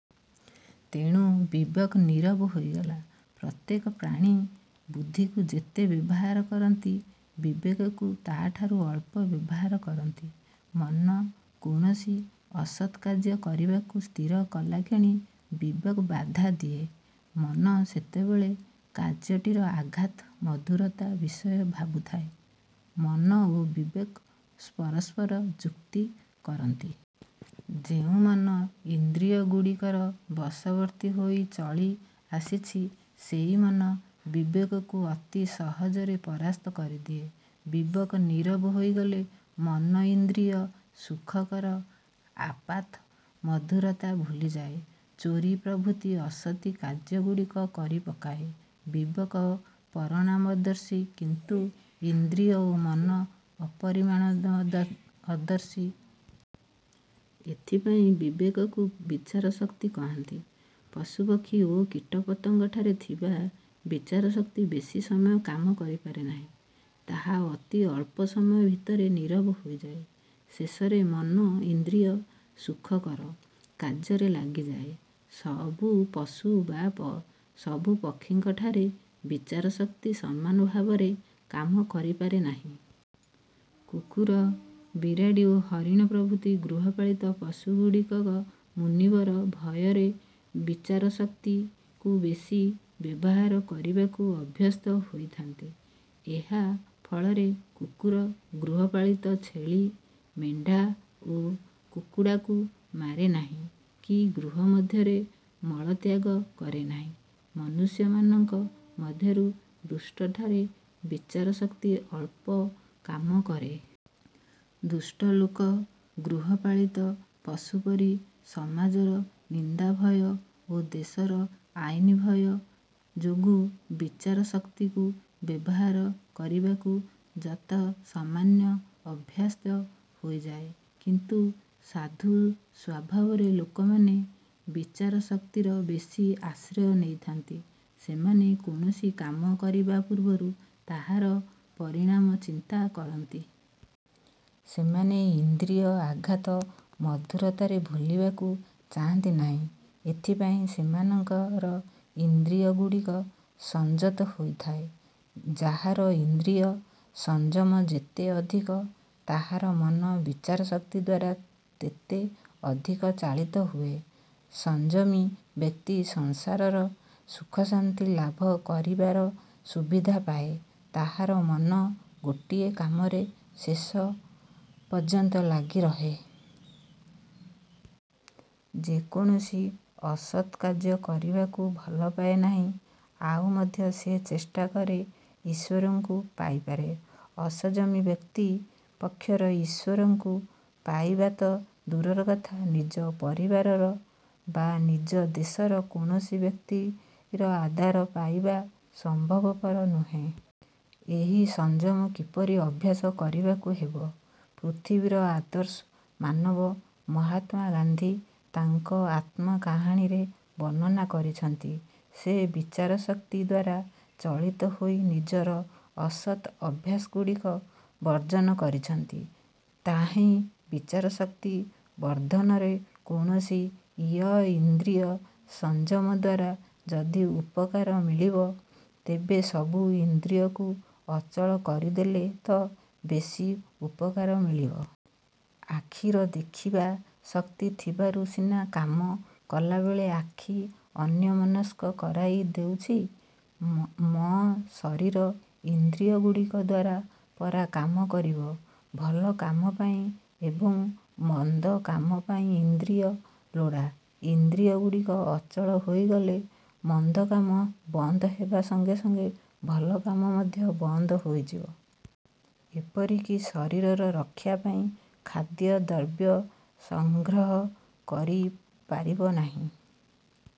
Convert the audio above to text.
ତେଣୁ ବିବେକ ନୀରବ ହୋଇଗଲା। ପ୍ରତ୍ୟେକ ପ୍ରାଣୀ ବୁଦ୍ଧିକୁ ଯେତେ ବ୍ୟବହାର କରନ୍ତି, ବିବେକକୁ ତାହାଠାରୁ ଅଳ୍ପ ବ୍ୟବହାର କରନ୍ତି। ମନ କୌଣସି ଅସତ୍ କାର୍ଯ୍ୟ କରିବାକୁ ସ୍ଥିର କଲାକ୍ଷଣି ବିବେକ ବାଧା ଦିଏ। ମନ ସେତେବେଳେ କାର୍ଯ୍ୟଟିର ଆପାତ ମଧୁରତା ବିଷୟ ଭାବୁଥାଏ। ମନ ଓ ବିବେକ ପରସ୍ପର ଯୁକ୍ତି କରନ୍ତି। ଯେଉଁ ମନ ଇନ୍ଦ୍ରିୟଗୁଡ଼ିକର ବଶବର୍ତ୍ତୀ ହୋଇ ଚଳି ଆସିଛି, ସେହି ମନ ବିବେକକୁ ଅତି ସହଜରେ ପରାସ୍ତ କରିଦିଏ। ବିବେକ ନୀରବ ହୋଇଗଲେ ମନ ଇନ୍ଦ୍ରିୟ-ସୁଖକର ଆପାତ ମଧୁରତାରେ ଭୁଲିଯାଇ ଚୋରି ପ୍ରଭୃତି ଅସତ୍ କାର୍ଯ୍ୟଗୁଡ଼ିକ କରିପକାଏ। ବିବେକ ପରିଣାମଦର୍ଶୀ କିନ୍ତୁ ଇନ୍ଦ୍ରିୟ ଓ ମନ ଅପରିମାଣମଦର୍ଶୀ। ଏଥିପାଇଁ ବିବେକକୁ ବିଚାରଶକ୍ତି କହନ୍ତି। ପଶୁପକ୍ଷୀ ଓ କୀଟପତଙ୍ଗଠାରେ ଥିବା ବିଚାରଶକ୍ତି ବେଶୀ ସମୟ କାମ କରିପାରେ ନାହିଁ। ତାହା ଅତି ଅଳ୍ପ ସମୟ ଭିତରେ ନୀରବ ହୋଇଯାଏ। ଶେଷରେ ମନ ଇନ୍ଦ୍ରିୟ-ସୁଖକର କାର୍ଯ୍ୟରେ ଲାଗିଯାଏ। ସବୁ ପଶୁ ବା ସବୁ ପକ୍ଷୀଙ୍କ ଠାରେ ବିଚାରଶକ୍ତି ସମାନ ଭାବରେ କାମ କରିପାରେ ନାହିଁ। କୁକୁର, ବିରାଡ଼ି ଓ ହରିଣ ପ୍ରଭୃତି ଗୃହପାଳିତ ପଶୁଗୁଡ଼ିକ ମୁନିବର ଭୟରେ ବିଚାରଶକ୍ତିକୁ ବେଶି ବ୍ୟବହାର କରିବାକୁ ଅଭ୍ୟସ୍ତ ହୋଇଥାନ୍ତି। ଏହା ଫଳରେ କୁକୁର ଗୃହପାଳିତ ଛେଳି, ମେଣ୍ଢା ଓ କୁକୁଡ଼ାକୁ ମାରେ ନାହିଁ କି ଗୃହ ମଧ୍ୟରେ ମଳତ୍ୟାଗ କରେ ନାହିଁ। ମନୁଷ୍ୟମାନଙ୍କ ମଧ୍ୟରୁ ଦୁଷ୍ଟଠାରେ ବିଚାରଶକ୍ତି ଅଳ୍ପ କାମ କରେ। ଦୁଷ୍ଟ ଲୋକ ଗୃହପାଳିତ ପଶୁପରି ସମାଜର ନିନ୍ଦାଭୟ ଓ ଦେଶର ଆଇନ ଭୟ ଯୋଗୁଁ ବିଚାରଶକ୍ତିକୁ ବ୍ୟବହାର କରିବାକୁ ଯତ୍ ସାମାନ୍ୟ ଅଭ୍ୟସ୍ତ ହୋଇଯାଏ କିନ୍ତୁ ସାଧୁ ସ୍ଵଭାବର ଲୋକମାନେ ବିଚାରଶକ୍ତିର ବେଶୀ ଆଶ୍ରୟ ନେଇଥାନ୍ତି। ସେମାନେ କୌଣସି କାମ କରିବା ପୂର୍ବରୁ ତାହାର ପରିଣାମ ଚିନ୍ତା କରନ୍ତି। ସେମାନେ ଇନ୍ଦ୍ରିୟ ଆପାତ ମଧୁରତାରେ ଭୁଲିବାକୁ ଚାହାନ୍ତି ନାହିଁ। ଏଥିପାଇଁ ସେମାନଙ୍କର ଇନ୍ଦ୍ରିୟଗୁଡ଼ିକ ସଂଯତ ହୋଇଥାଏ। ଯାହାର ଇନ୍ଦ୍ରିୟ-ସଂଯମ ଯେତେ ଅଧିକ, ତାହାର ମନ ବିଚାରଶକ୍ତି ଦ୍ଵାରା ତେତେ ଅଧିକ ଚାଳିତ ହୁଏ। ସଂଯମୀ ବ୍ୟକ୍ତି ସଂସାରର ସୁଖଶାନ୍ତି ଲାଭ କରିବାର ସୁବିଧା ପାଏ। ତାହାର ମନ ଗୋଟିଏ କାମରେ ଶେଷ ପର୍ଯ୍ୟନ୍ତ ଲାଗି ରହେ। ସେ କୌଣସି ଅସତ୍ କାର୍ଯ୍ୟ କରିବାକୁ ଭଲପାଏ ନାହିଁ। ଆଉ ମଧ୍ୟ ସେ ଚେଷ୍ଟା କଲେ ଈଶ୍ଵରଙ୍କୁ ପାଇପାରେ। ଅସଂଯମୀ ବ୍ୟକ୍ତି ପକ୍ଷରେ ଈଶ୍ଵରଙ୍କୁ ପାଇବା ତ ଦୂରର କଥା, ନିଜ ପରିବାରର ବା ନିଜ ଦେଶର କୌଣସି ବ୍ୟକ୍ତିର ଆଦର ପାଇବା ସମ୍ଭବପର ନୁହେଁ। ଏହି ସଂଯମ କିପରି ଅଭ୍ୟାସ କରିବାକୁ ହେବ, ପୃଥିବୀର ଆଦର୍ଶ ମାନବ ମହାତ୍ମା ଗାନ୍ଧୀ ତାଙ୍କ ଆତ୍ମକାହାଣୀରେ ବର୍ଣ୍ଣନା କରିଛନ୍ତି। ସେ ବିଚାରଶକ୍ତି ଦ୍ଵାରା ଚାଳିତ ହୋଇ ନିଜର ଅସତ୍ ଅଭ୍ୟାସଗୁଡ଼ିକୁ ବର୍ଜନ କରିଛନ୍ତି। ତାହାହିଁ ବିଚାରଶକ୍ତି ବର୍ଦ୍ଧନର କୌଶଳ। ୟ–ଇନ୍ଦ୍ରିୟ ସଂଯମ ଦ୍ଵାରା ଯଦି ଉପକାର ମିଳିବ, ତେବେ ସବୁ ଇନ୍ଦ୍ରିୟକୁ ଅଚଳ କରିଦେଲେ ତ ବେଶୀ ଉପକାର ମିଳିବ? ଆଖିର ଦେଖିବା ଶକ୍ତି ଥିବାରୁ ସିନା କାମ କଲାବେଳେ ଆଖି ଅନ୍ୟମନସ୍କ କରାଇ ଦେଉଛି? ମ–ଶରୀର ଇନ୍ଦ୍ରିୟଗୁଡ଼ିକ ଦ୍ଵାରା ପରା କାମ କରିବ? ଭଲ କାମ ପାଇଁ ଏବଂ ମନ୍ଦ କାମ ପାଇଁ ଇନ୍ଦ୍ରିୟ ଲୋଡ଼ା। ଇନ୍ଦ୍ରିୟଗୁଡ଼ିକ ଅଚଳ ହୋଇଗଲେ ମନ୍ଦ କାମ ବନ୍ଦ ହେବା ସଙ୍ଗେ ସଙ୍ଗେ ଭଲ କାମ ମଧ୍ୟ ବନ୍ଦ ହୋଇଯିବ। ଏପରିକି ଶରୀର ରକ୍ଷା ପାଇଁ ଖାଦ୍ୟ ଦ୍ରବ୍ୟ ସଂଗ୍ରହ କରି ପାରିବ ନାହିଁ,